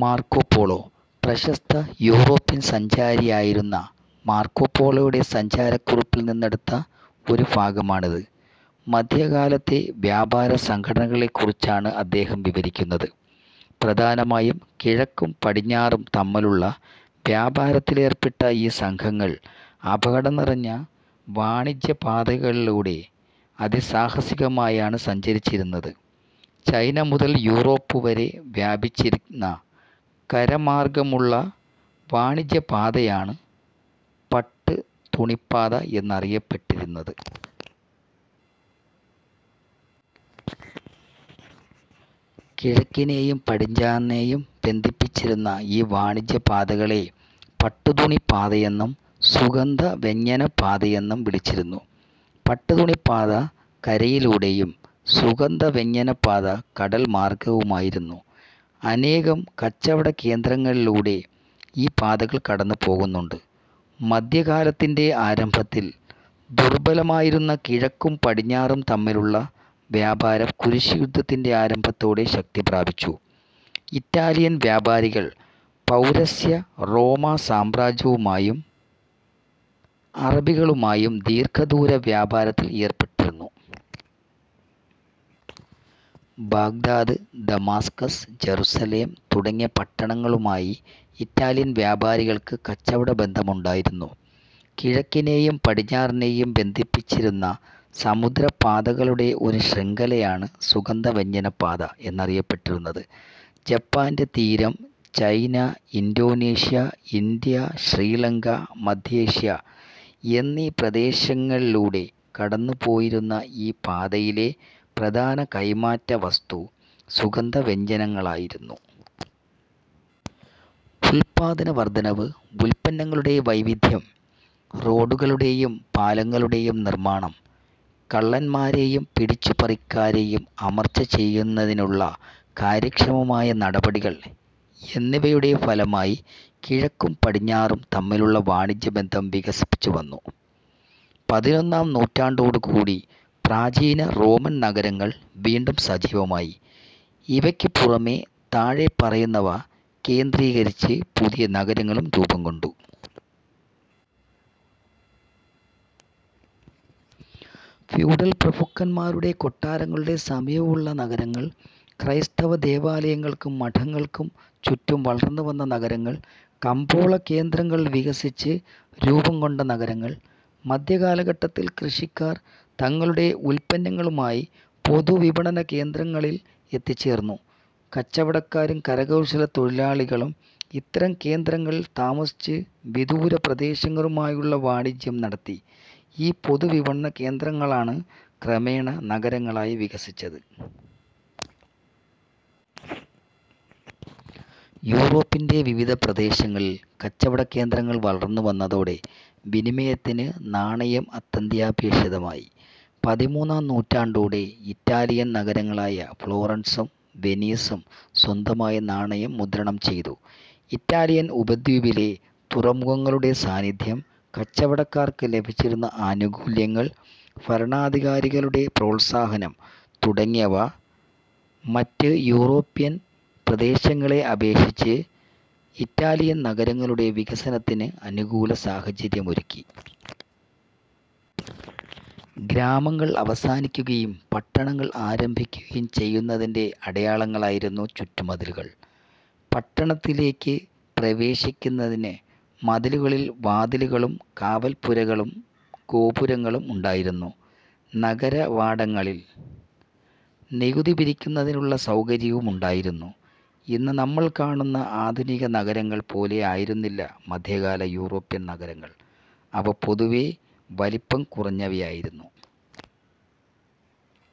-Marco Polo. പ്രശസ്ത European സഞ്ചാരിയായിരുന്ന മാർക്കോപോളോയുടെ സഞ്ചാരക്കുറിപ്പിൽ നിന്നെടുത്ത ഒരു ഭാഗമാണിത്. മധ്യകാലത്തെ വ്യാപാരസംഘങ്ങളെക്കുറിച്ചാണ് അദ്ദേഹം വിവരിക്കുന്നത്. പ്രധാനമായും കിഴക്കും പടിഞ്ഞാറും തമ്മിലുള്ള വ്യാപാരത്തിലേർപ്പെട്ട ഈ സംഘങ്ങൾ അപകടം നിറഞ്ഞ വാണിജ്യപാതകളിലൂടെ അതിസാഹസികമായാണ് സഞ്ചരിച്ചിരുന്നത്. ചൈന മുതൽ യൂറോപ്പ് വരെ വ്യാപിച്ചിരുന്ന കര മാർഗമുള്ള വാണിജ്യ പാതയാണ് പട്ടു തുണിപ്പാത എന്നറിയപ്പെട്ടിരുന്നത്. കിഴക്കിനെയും പടിഞ്ഞാറിനെയും ബന്ധിപ്പിച്ചിരുന്ന ഈ വാണിജ്യ പാതകളെ പട്ടുതുണി പാതയെന്നും, സുഗന്ധവ്യഞ്ജന പാതയെന്നും വിളിച്ചിരുന്നു. പട്ടുതുണിപ്പാത കരയിലൂടെയും സുഗന്ധവ്യഞ്ജനപാത കടൽ മാർഗ്ഗവുമായിരുന്നു. അനേകം കച്ചവടകേന്ദ്രങ്ങളിലൂടെ ഈ പാതകൾ കടന്നുപോകുന്നുണ്ട്. മധ്യകാലത്തിന്റെ ആരംഭത്തിൽ ദുർബലമായിരുന്ന കിഴക്കും പടിഞ്ഞാറും തമ്മിലുള്ള വ്യാപാരം കുരിശുയുദ്ധത്തിന്റെ ആരംഭത്തോടെ ശക്തി പ്രാപിച്ചു. ഇറ്റാലിയൻ വ്യാപാരികൾ പൗരസ്ത്യ റോമാ സാമ്രാജ്യവുമായും അറബികളുമായും ദീർഘദൂര വ്യാപാരത്തിൽ ഏർപ്പെട്ടിരുന്നു. ബാഗ്ദാദ്, ദമാസ്കസ്, ജറുസലേം തുടങ്ങിയ പട്ടണങ്ങളുമായി ഇറ്റാലിയൻ വ്യാപാരികൾക്ക് കച്ചവടബന്ധമുണ്ടായിരുന്നു. കിഴക്കിനെയും പടിഞ്ഞാറിനെയും ബന്ധിപ്പിച്ചിരുന്ന സമുദ്ര പാതകളുടെ ഒരു ശൃംഖലയാണ് സുഗന്ധവ്യഞ്ജനപാത എന്നറിയപ്പെട്ടിരുന്നത്. ജപ്പാന്റെ തീരം, ചൈന, ഇന്തോനേഷ്യ, ഇന്ത്യ, ശ്രീലങ്ക, മധ്യേഷ്യ എന്നീ പ്രദേശങ്ങളിലൂടെ കടന്നു പോയിരുന്ന ഈ പാതയിലെ പ്രധാന കൈമാറ്റവസ്തു സുഗന്ധവ്യഞ്ജനങ്ങളായിരുന്നു. ഉൽപാദന വർധനവ്, ഉൽപ്പന്നങ്ങളുടെ വൈവിധ്യം, റോഡുകളുടെയും പാലങ്ങളുടെയും നിർമാണം, കള്ളന്മാരെയും പിടിച്ചു പറിക്കാരെയും അമർച്ച ചെയ്യുന്നതിനുള്ള കാര്യക്ഷമമായ നടപടികൾ എന്നിവയുടെ ഫലമായി കിഴക്കും പടിഞ്ഞാറും തമ്മിലുള്ള വാണിജ്യബന്ധം വികസിച്ചുവന്നു. പതിനൊന്നാം നൂറ്റാണ്ടോടുകൂടി പ്രാചീന റോമൻനഗരങ്ങൾ വീണ്ടും സജീവമായി. ഇവക്കുപുറമെ താഴെ പറയുന്നവ കേന്ദ്രീകരിച്ച് പുതിയ നഗരങ്ങളും രൂപംകൊണ്ടു. ഫ്യൂഡൽ പ്രഭുക്കന്മാരുടെ കൊട്ടാരങ്ങളുടെ സമീപമുള്ള നഗരങ്ങൾ. ക്രൈസ്തവ ദേവാലയങ്ങൾക്കും മഠങ്ങൾക്കും ചുറ്റും വളർന്നുവന്നനഗരങ്ങൾ. കമ്പോളകേന്ദ്രങ്ങൾ വികസിച്ച് രൂപംകൊണ്ട് നഗരങ്ങൾ. മധ്യ കാലഘട്ടത്തിൽ കൃഷിക്കാർ തങ്ങളുടെ ഉൽപ്പന്നങ്ങളുമായി പൊതു വിപണന കേന്ദ്രങ്ങളിൽ എത്തിച്ചേർന്നു. കച്ചവടക്കാരും കരകൗശലത്തൊഴിലാളികളും ഇത്തരം കേന്ദ്രങ്ങളിൽ താമസിച്ച് വിദൂര പ്രദേശങ്ങളുമായുള്ള വാണിജ്യം നടത്തി. ഈ പൊതുവിപണനകേന്ദ്രങ്ങളാണ് ക്രമേണ നഗരങ്ങളായി വികസിച്ചത്. യൂറോപ്പിന്റെ വിവിധ പ്രദേശങ്ങളിൽ കച്ചവടകേന്ദ്രങ്ങൾ വളർന്നുവന്നതോടെ വിനിമയത്തിന് നാണയം അത്യന്താപേക്ഷിതമായി. പതിമൂന്നാം നൂറ്റാണ്ടോടെ ഇറ്റാലിയൻ നഗരങ്ങളായ ഫ്ളോറൻസും വെനീസും സ്വന്തമായി നാണയം മുദ്രണം ചെയ്തു. ഇറ്റാലിയൻ ഉപദ്വീപിലെ തുറമുഖങ്ങളുടെ സാന്നിധ്യം, കച്ചവടക്കാർക്ക് ലഭിച്ചിരുന്ന ആനുകൂല്യങ്ങൾ, ഭരണാധികാരികളുടെ പ്രോത്സാഹനം തുടങ്ങിയവ മറ്റു യൂറോപ്യൻ പ്രദേശങ്ങളെ അപേക്ഷിച്ച് ഇറ്റാലിയൻ നഗരങ്ങളുടെ വികാസത്തിന് അനുകൂല സാഹചര്യമൊരുക്കി. ഗ്രാമങ്ങൾ അവസാനിക്കുകയും പട്ടണങ്ങൾ ആരംഭിക്കുകയും ചെയ്യുന്നതിന്റെ അടയാളങ്ങളായിരുന്നു ചുറ്റുമതിലുകൾ. പട്ടണത്തിലേക്കു പ്രവേശിക്കുന്നതിന് മതിലുകളിൽ വാതിലുകളും കാവൽപ്പുരകളും ഗോപുരങ്ങളും ഉണ്ടായിരുന്നു. നഗരവാടങ്ങളിൽ നികുതി പിരിക്കുന്നതിനുള്ള സൗകര്യവും ഉണ്ടായിരുന്നു. ഇന്നു നമ്മൾ കാണുന്ന ആധുനിക നഗരങ്ങൾ പോലെ ആയിരുന്നില്ല മധ്യകാല യൂറോപ്യൻ നഗരങ്ങൾ. അവ പൊതുവെ വലുപ്പം കുറഞ്ഞവയായിരുന്നു.